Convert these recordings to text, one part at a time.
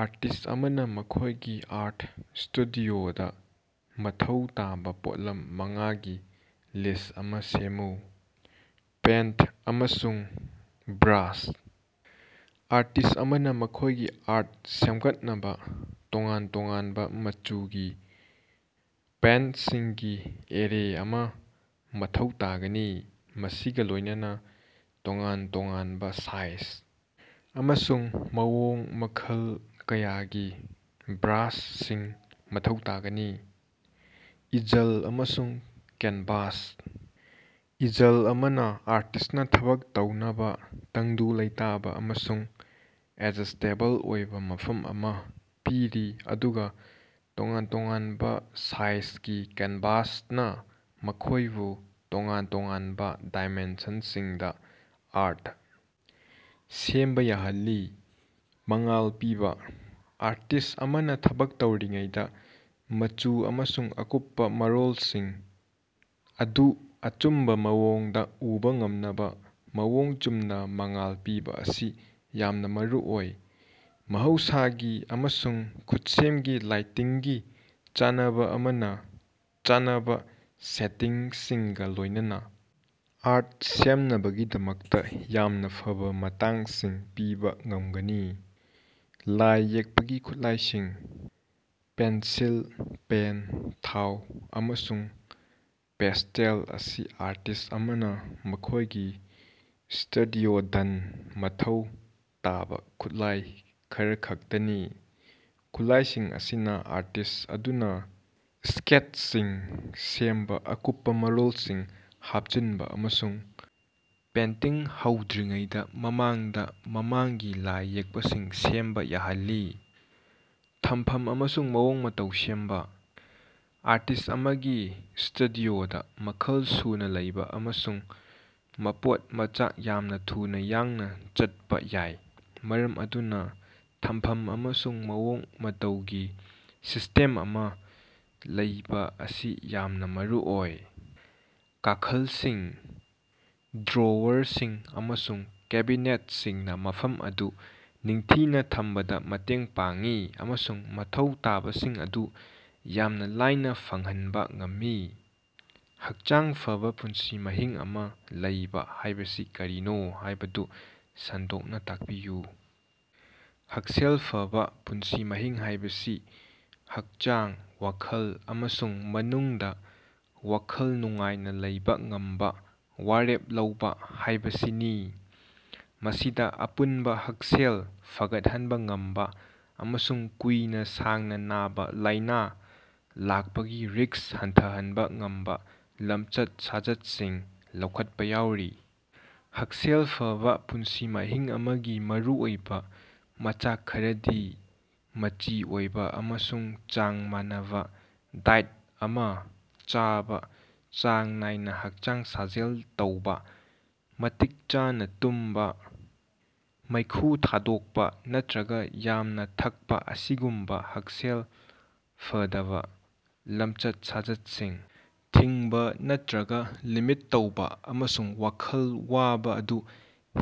Artist ꯑꯃꯅ ꯃꯈꯣꯢꯒꯤ art ꯁꯇꯨꯗꯤꯑꯣꯗ ꯃꯊꯧ ꯇꯥꯕ ꯄꯣꯠꯂꯝ ꯃꯉꯥꯒꯤ ꯂꯤꯁ꯭ꯠ ꯑꯃ ꯁꯦꯝꯃꯨ꯫ ꯄꯦꯟꯇ ꯑꯃꯁꯨꯡ ꯕ꯭ꯔꯥꯁ: ꯑꯥꯔꯇꯤꯁ ꯑꯃꯅ ꯃꯈꯣꯢꯒꯤ ꯑꯥꯔꯠ ꯁꯦꯝꯒꯠꯅꯕ ꯇꯣꯉꯥꯟ ꯇꯣꯉꯥꯟꯕ ꯃꯆꯨꯒꯤ ꯄꯦꯟꯇꯁꯤꯡꯒꯤ ꯑꯦꯔꯦ ꯑꯃꯥ ꯃꯊꯧ ꯇꯥꯒꯅꯤ ꯃꯁꯤꯒ ꯂꯣꯢꯅꯅ ꯇꯣꯉꯥꯟ ꯇꯣꯉꯥꯟꯕ ꯁꯥꯏꯖ ꯑꯃꯁꯨꯡ ꯃꯑꯣꯡ ꯃꯈꯜ ꯀꯌꯥꯒꯤ ꯕ꯭ꯔꯥꯁꯁꯤꯡ ꯃꯊꯧ ꯇꯥꯒꯅꯤ꯫ ꯏꯖꯜ ꯑꯃꯁꯨꯡ ꯀꯦꯟꯚꯥꯁ: ꯏꯖꯜ ꯑꯃꯅ ꯑꯥꯔꯇꯤꯁꯅ ꯊꯕꯛ ꯇꯧꯅꯕ ꯇꯪꯗꯨ ꯂꯩꯇꯥꯕ ꯑꯃꯁꯨꯡ ꯑꯦꯗꯖꯁꯇꯦꯕꯜ ꯑꯣꯏꯕ ꯃꯐꯝ ꯑꯃ ꯄꯤꯔꯤ ꯑꯗꯨꯒ ꯇꯣꯉꯥꯟ ꯇꯣꯉꯥꯟꯕ ꯁꯥꯏꯖꯒꯤ ꯀꯦꯟꯚꯥꯁꯅ ꯃꯈꯣꯢꯕꯨ ꯇꯣꯉꯥꯟ ꯇꯣꯉꯥꯟꯕ ꯗꯥꯏꯃꯦꯟꯁꯟꯁꯤꯡꯗ ꯑꯥꯔꯠ ꯁꯦꯝꯕ ꯌꯥꯍꯜꯂꯤ꯫ ꯃꯉꯥꯜ ꯄꯤꯕꯥ: ꯑꯥꯔꯇꯤꯁ ꯑꯃꯅ ꯊꯕꯛ ꯇꯧꯔꯤꯉꯩꯗꯥ ꯃꯆꯨ ꯑꯃꯁꯨꯡ ꯑꯀꯨꯞꯄꯥ ꯃꯔꯣꯜꯁꯤꯡ ꯑꯗꯨ ꯑꯆꯨꯝꯕꯥ ꯃꯑꯣꯡꯗ ꯎꯕ ꯉꯝꯅꯕ ꯃꯑꯣꯡ ꯆꯨꯝꯅ ꯃꯉꯥꯜ ꯄꯤꯕ ꯑꯁꯤ ꯌꯥꯝꯅ ꯃꯔꯨꯑꯣꯏ꯫ ꯃꯍꯧꯁꯥꯒꯤ ꯑꯃꯁꯨꯡ ꯈꯨꯠꯁꯦꯝꯒꯤ ꯂꯥꯏꯇꯤꯡꯒꯤ ꯆꯥꯟꯅꯕ ꯑꯃꯅ ꯆꯥꯟꯅꯕ ꯁꯦꯇꯤꯡꯁꯤꯡꯒ ꯂꯣꯢꯅꯅ ꯑꯥꯔꯠ ꯁꯦꯝꯅꯕꯒꯤꯗꯃꯛꯇ ꯌꯥꯝꯅ ꯐꯕ ꯃꯇꯥꯡꯁꯤꯡ ꯄꯤꯕꯥ ꯉꯝꯒꯅꯤ꯫ ꯂꯥꯏ ꯌꯦꯛꯄꯒꯤ ꯈꯨꯠꯂꯥꯏꯁꯤꯡ: ꯄꯦꯟꯁꯤꯜ, ꯄꯦꯟ, ꯊꯥꯎ, ꯑꯃꯁꯨꯡ ꯄꯦꯁꯇꯦꯜ ꯑꯁꯤ ꯑꯥꯔꯇꯤꯁ ꯑꯃꯅ ꯃꯈꯣꯢꯒꯤ ꯁ꯭ꯇꯨꯗꯤꯑꯣꯗꯟꯃꯊꯧ ꯇꯥꯕ ꯈꯨꯠꯂꯥꯏ ꯈꯔꯈꯛꯇꯅꯤ꯫ ꯈꯨꯠꯂꯥꯢꯁꯤꯡ ꯑꯁꯤꯅ ꯑꯥꯔꯇꯤꯁ ꯑꯗꯨꯅ ꯁ꯭ꯀꯦꯠꯁꯤꯡ ꯁꯦꯝꯕ ꯑꯀꯨꯞꯄ ꯃꯔꯣꯜꯁꯤꯡ ꯍꯥꯞꯆꯤꯟꯕ ꯑꯃꯁꯨꯡ ꯄꯦꯟꯇꯤꯡ ꯍꯧꯗ꯭ꯔꯤꯉꯩꯒꯤ ꯃꯃꯥꯡꯗ ꯃꯃꯥꯡꯒꯤ ꯂꯥꯏ ꯌꯦꯛꯄꯁꯤꯡ ꯁꯦꯝꯕ ꯌꯥꯍꯜꯂꯤ꯫ ꯊꯝꯐꯝ ꯑꯃꯁꯨꯡ ꯃꯑꯣꯡ ꯃꯇꯧ ꯁꯦꯝꯕ: ꯑꯥꯔꯇꯤꯁ ꯑꯃꯒꯤ ꯁ꯭ꯇꯨꯗꯤꯑꯣꯗ ꯃꯈꯜ ꯁꯨꯅ ꯂꯩꯕ ꯑꯃꯁꯨꯡ ꯃꯄꯣꯠ ꯃꯆꯥꯛ ꯌꯥꯝꯅ ꯊꯨꯅ ꯌꯥꯡꯅ ꯆꯠꯄ ꯌꯥꯏ ꯃꯔꯝ ꯑꯗꯨꯅ ꯊꯝꯐꯝ ꯑꯃꯁꯨꯡ ꯃꯑꯣꯡ ꯃꯇꯧꯒꯤ ꯁꯤꯁꯇꯦꯝ ꯑꯃ ꯂꯩꯕꯥ ꯑꯁꯤ ꯌꯥꯝꯅ ꯃꯔꯨꯑꯣꯏ꯫ ꯀꯥꯈꯜꯁꯤꯡ, ꯗ꯭ꯔꯣꯋꯔꯁꯤꯡ ꯑꯃꯁꯨꯡ ꯀꯦꯕꯤꯅꯦꯠꯁꯤꯡꯅ ꯃꯐꯝ ꯑꯗꯨ ꯅꯤꯡꯊꯤꯅ ꯊꯝꯕꯗ ꯃꯇꯦꯡ ꯄꯥꯡꯏ ꯑꯃꯁꯨꯡ ꯃꯊꯧ ꯇꯥꯕꯁꯤꯡ ꯑꯗꯨ ꯌꯥꯝꯅ ꯂꯥꯏꯅ ꯐꯪꯍꯟꯕꯥ ꯉꯝꯃꯤ꯫ ꯍꯛꯆꯥꯡ ꯐꯕ ꯄꯨꯟꯁꯤ ꯃꯍꯤꯡ ꯑꯃ ꯂꯩꯕꯥ ꯍꯥꯢꯕꯁꯤ ꯀꯔꯤꯅꯣ ꯍꯥꯢꯕꯗꯨ ꯁꯟꯗꯣꯛꯅ ꯇꯥꯛꯄꯤꯌꯨ? ꯍꯛꯁꯦꯜ ꯐꯕꯥ ꯄꯨꯟꯁꯤ ꯃꯍꯤꯡ ꯍꯥꯢꯕꯁꯤ ꯍꯛꯆꯥꯡ, ꯋꯥꯈꯜ ꯑꯃꯁꯨꯡ ꯃꯅꯨꯡꯗ ꯋꯥꯈꯜ ꯅꯨꯡꯉꯥꯏꯅ ꯂꯩꯕꯥ ꯉꯝꯕ ꯋꯥꯔꯦꯞ ꯂꯧꯕꯥ ꯍꯥꯢꯕꯁꯤꯅꯤ꯫ ꯃꯁꯤꯗ ꯑꯄꯨꯟꯕ ꯍꯛꯁꯦꯜ ꯐꯒꯠꯍꯟꯕ ꯉꯝꯕ ꯑꯃꯁꯨꯡ ꯀꯨꯏꯅ ꯁꯥꯡꯅ ꯅꯥꯕ ꯂꯥꯢꯅꯥ ꯂꯥꯛꯄꯒꯤ ꯔꯤꯁ꯭ꯛ ꯍꯟꯊꯍꯟꯕ ꯉꯝꯕꯥ ꯂꯝꯆꯠ-ꯁꯥꯖꯠꯁꯤꯡ ꯂꯧꯈꯠꯄ ꯌꯥꯎꯔꯤ꯫ ꯍꯛꯁꯦꯜ ꯐꯕꯥ ꯄꯨꯟꯁꯤ ꯃꯍꯤꯡ ꯑꯃꯒꯤ ꯃꯔꯨꯑꯣꯏꯕ ꯃꯆꯥꯛ ꯈꯔꯗꯤ ꯃꯆꯤ ꯑꯣꯏꯕꯥ ꯑꯃꯁꯨꯡ ꯆꯥꯡ ꯃꯥꯟꯅꯕꯥ ꯗꯥꯏꯠ ꯑꯃꯥ ꯆꯥꯕ ꯆꯥꯡ ꯅꯥꯏꯅ ꯍꯛꯆꯥꯡ ꯁꯥꯖꯦꯜ ꯇꯧꯕꯥ, ꯃꯇꯤꯛ ꯆꯥꯅ ꯇꯨꯝꯕꯥ, ꯃꯩꯈꯨ ꯊꯥꯗꯣꯛꯄ ꯅꯠꯇꯔꯒ ꯌꯥꯝꯅ ꯊꯛꯄꯥ ꯑꯁꯤꯒꯨꯝꯕ ꯍꯛꯁꯦꯜ ꯐꯗꯕ ꯂꯝꯆꯠ-ꯁꯥꯖꯠꯁꯤꯡ ꯊꯤꯡꯕ ꯅꯠꯇꯔꯒ ꯂꯤꯃꯤꯠ ꯇꯧꯕꯥ ꯑꯃꯁꯨꯡ ꯋꯥꯈꯜ ꯋꯥꯕ ꯑꯗꯨ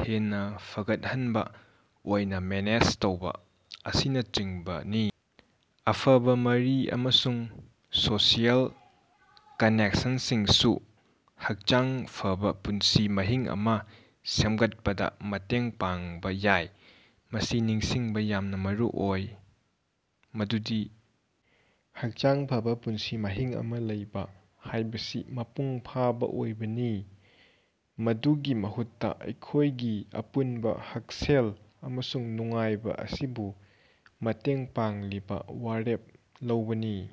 ꯍꯦꯟꯅ ꯐꯒꯠꯍꯟꯕ ꯑꯣꯏꯅ ꯃꯦꯅꯦꯖ ꯇꯧꯕꯥ ꯑꯁꯤꯅꯆꯤꯡꯕꯅꯤ꯫ ꯑꯐꯕ ꯃꯔꯤ ꯑꯃꯁꯨꯡ ꯁꯣꯁꯤꯑꯦꯜ ꯀꯅꯦꯛꯁꯟꯁꯤꯡꯁꯨ ꯍꯛꯆꯥꯡ ꯐꯕ ꯄꯨꯟꯁꯤ ꯃꯍꯤꯡ ꯑꯃ ꯁꯦꯝꯒꯠꯄꯗ ꯃꯇꯦꯡ ꯄꯥꯡꯕ ꯌꯥꯏ꯫ ꯃꯁꯤ ꯅꯤꯡꯁꯤꯡꯕ ꯌꯥꯝꯅ ꯃꯔꯨꯑꯣꯏ ꯃꯗꯨꯗꯤ ꯍꯛꯆꯥꯡ ꯐꯕ ꯄꯨꯟꯁꯤ ꯃꯍꯤꯡ ꯑꯃ ꯂꯩꯕꯥ ꯍꯥꯢꯕꯁꯤ ꯃꯄꯨꯡ ꯐꯥꯕ ꯑꯣꯏꯕꯅꯤ ꯃꯗꯨꯒꯤ ꯃꯍꯨꯠꯇ ꯑꯩꯈꯣꯢꯒꯤ ꯑꯄꯨꯟꯕ ꯍꯛꯁꯦꯜ ꯑꯃꯁꯨꯡ ꯅꯨꯡꯉꯥꯏꯕ ꯑꯁꯤꯕꯨ ꯃꯇꯦꯡ ꯄꯥꯡꯂꯤꯕ ꯋꯥꯔꯦꯞ ꯂꯧꯕꯅꯤ꯫